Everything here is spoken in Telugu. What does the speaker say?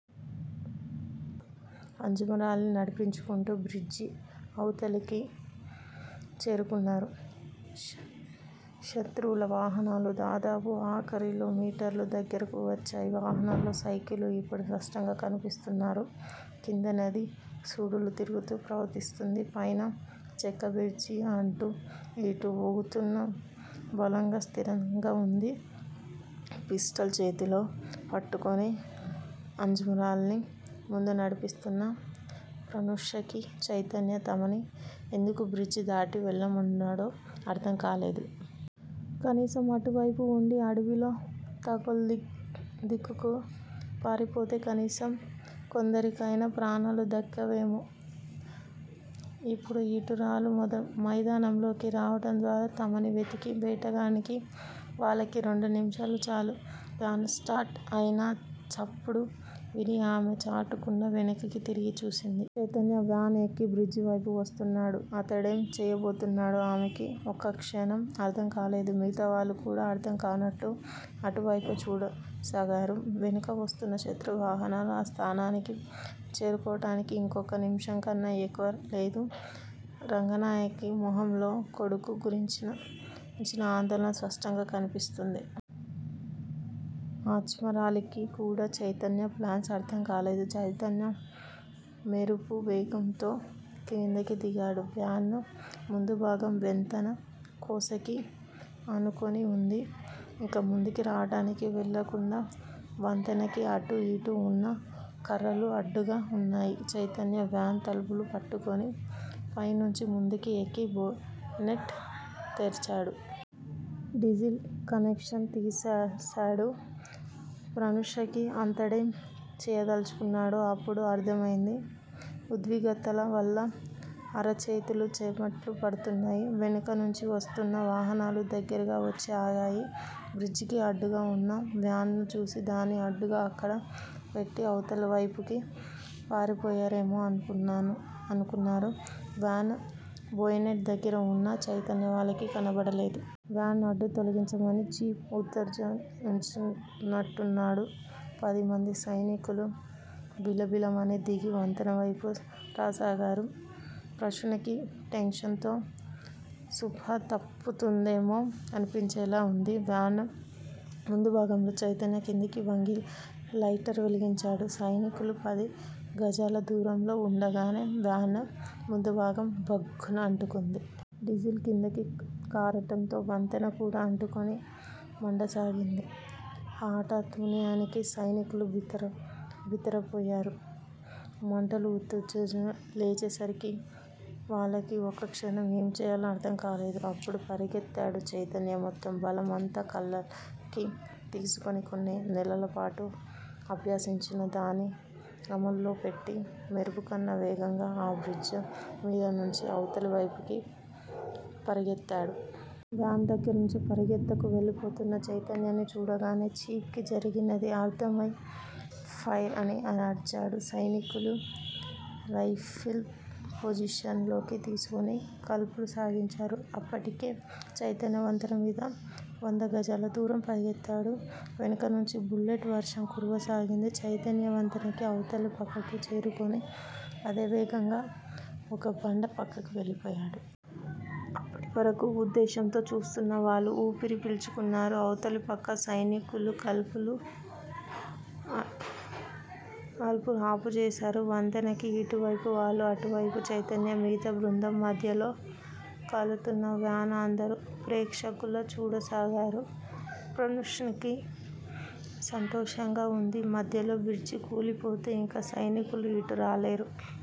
అజ్మరాలీని నడిపించుకుంటూ బ్రిడ్జి అవతలికి చేరుకున్నారు. శత్రువుల వాహనాలు దాదాపు అరకిలోమీటరు దగ్గరకు వచ్చాయి. వాహనాల్లో సైనికులు ఇప్పుడు స్పష్టంగా కనిపిస్తున్నారు. క్రింద నది సుడులు తిరుగుతూ ప్రవహిస్తూంది. పైన చెక్కబ్రిడ్జి అటూ ఇటూ వూగుతున్నా, బలంగా స్థిరంగా వుంది. పిస్టల్ చేతిలో పట్టుకుని, అజ్మరాలీని ముందు నడిపిస్తూన్న ప్రనూషకి చైతన్య తమని ఎందుకు బ్రిడ్జి దాటి వెళ్ళమన్నాడో అర్ధంకాలేదు. కనీసం అటువైపే వుండి అడవిలో తలోదిక్కుకీ పారిపోతే కనీసం కొందరికయినా ప్రాణాలు దక్కేవేమో! ఇప్పుడు ఇటు రాళ్ళ మైదానంలోకి రావటం ద్వారా, తమని వెతికి వేటాడటానికి వాళ్ళకి రెండు నిముషాలు చాలు. వ్యాను స్టార్ట్ అయిన చప్పుడు విని ఆమె చాటుకున్నా వెనక్కి తిరిగి చూసింది. చైతన్య వ్యాను ఎక్కి బ్రిడ్జివైపు వస్తున్నాడు. అతడేం చేయబోతున్నాడో ఆమెకి ఒక్కక్షణం అర్ధంకాలేదు. మిగతావాళ్ళు కూడా అర్ధంకానట్టు అటువైపే చూడసాగారు. వెనుక వస్తున్న శత్రువుల వాహనాలు ఆ స్థానానికి చేరుకోవటానికి ఇంకొక్క నిమిషంకన్నా ఎక్కువ లేదు. రంగనాయకి మొహంలో కొడుకు గురించిన ఆందోళన స్పష్టంగా కనిపిస్తూంది. అజ్మరాలీకి కూడా చైతన్య ప్లాన్ అర్ధంకాలేదు. చైతన్య మెరుపు వేగంతో క్రిందికి దిగాడు. వ్యాను ముందుభాగం వంతెన కొసకి ఆనుకుని వుంది. ఇక ముందుకి రావటానికి వెల్లకుండా వంతెనకి అటూ ఇటూ వున్న కర్రలు అడ్డుగా వున్నాయి. చైతన్య వ్యాన్ తలుపు పట్టుకుని పైనుంచి ముందుకి ఎక్కి బోయెనెట్ తెరిచాడు. డీసిల్ కనెక్షన్ తీసేశాడు. ప్రనూషకి అతడేం చేయదల్చుకున్నాడో అప్పుడు అర్ధమైంది. ఉద్విగ్నతవల్ల అరచేతులు చెమట్లు పడుతున్నాయి. వెనుక నుంచి వస్తూన్న వాహనాలు దగ్గరగా వచ్చి ఆగాయి. బ్రిడ్జికి అడ్డుగా వున్న వ్యానుని చూసి, దాన్ని అడ్డుగా అక్కడ పెట్టి అవతలివైపుకి పారిపోయారేమో అనుకున్నారు. వ్యాను బోయెనెట్ దగ్గర వున్న చైతన్య వాళ్ళకి కనపడలేదు. వ్యాను అడ్డు తొలగించమని 'చీఫ్' ఉత్తర్వు యిచ్చినట్టున్నాడు. పదిమంది సైనికులు బిలబిలమని దిగి, వంతెనవైపు రాసాగారు. ప్రనూషకి టెన్షన్ తో స్పృహ తప్పుతుందేమో అనిపించేలా వుంది. వ్యాను ముందుభాగంలో చైతన్య క్రిందికి వంగి లైటర్ వెలిగించాడు. సైనికులు పది గజాల దూరంలో వుండగానే వ్యాను ముందుభాగం భగ్గున అంటుకుంది. డీసిల్ క్రిందికి కారటంతో వంతెన కూడా అంటుకుని మండసాగింది. ఈ హఠాత్పమానికి సైనికులు బిత్తరపోయారు. మంటలు ఉవ్వెన లేచేసరికి వాళ్ళకి ఒక్కక్షణం ఏం చేయాలో అర్ధంకాలేదు. అప్పుడు పరుగెత్తాడు చైతన్య మొత్తం బలం అంతా కాళ్ళలోకి తీసుకుని కొన్ని నెలలపాటు అభ్యసించిన దాన్ని అమలులో పెట్టి మెరుపుకన్నా వేగంగా ఆ బ్రిడ్జి మీదనుంచి అవతలివైపుకి పరుగెత్తాడు. వ్యాను దగ్గర్నుంచి పరుగెత్తుకు వెళ్ళిపోతున్న చైతన్యని చూడగానే 'చీఫ్' కి జరిగినది అర్ధమై ఫైర్ అని అరిచాడు. సైనికులు రైఫిల్స్ పొజిషన్ లోకి తీసుకుని కాల్పులు సాగించారు. అప్పటికే చైతన్య వంతెన మీద వందగజాల దూరం పరుగెత్తాడు. వెనుకనుంచి బుల్లెట్ల వర్షం కురవసాగింది. చైతన్య వంతెనకి అవతలి పక్కకి చేరుకుని, అదే వేగంతో ఒక బండ పక్కకి వెళ్ళిపోయాడు. అప్పటివరకూ ఉద్దెశంతో చూస్తున్న వాళ్ళు ఊపిరి పీల్చుకున్నారు. అవతలిపక్క సైనికులు కాల్పులు ఆపుచేశారు. వంతెనకి ఇటువైపు వాళ్ళు, అటువైపు చైతన్యా, మిగతా బృందం మధ్యలో కాలుతున్న వ్యాను అందరూ ప్రేక్షకుల్లా చూడసాగారు. ప్రనూషకి సంతోషంగా వుంది. మధ్యలో బ్రిడ్జి కూలిపోతే ఇక సైనికులు ఇటు రాలేరు.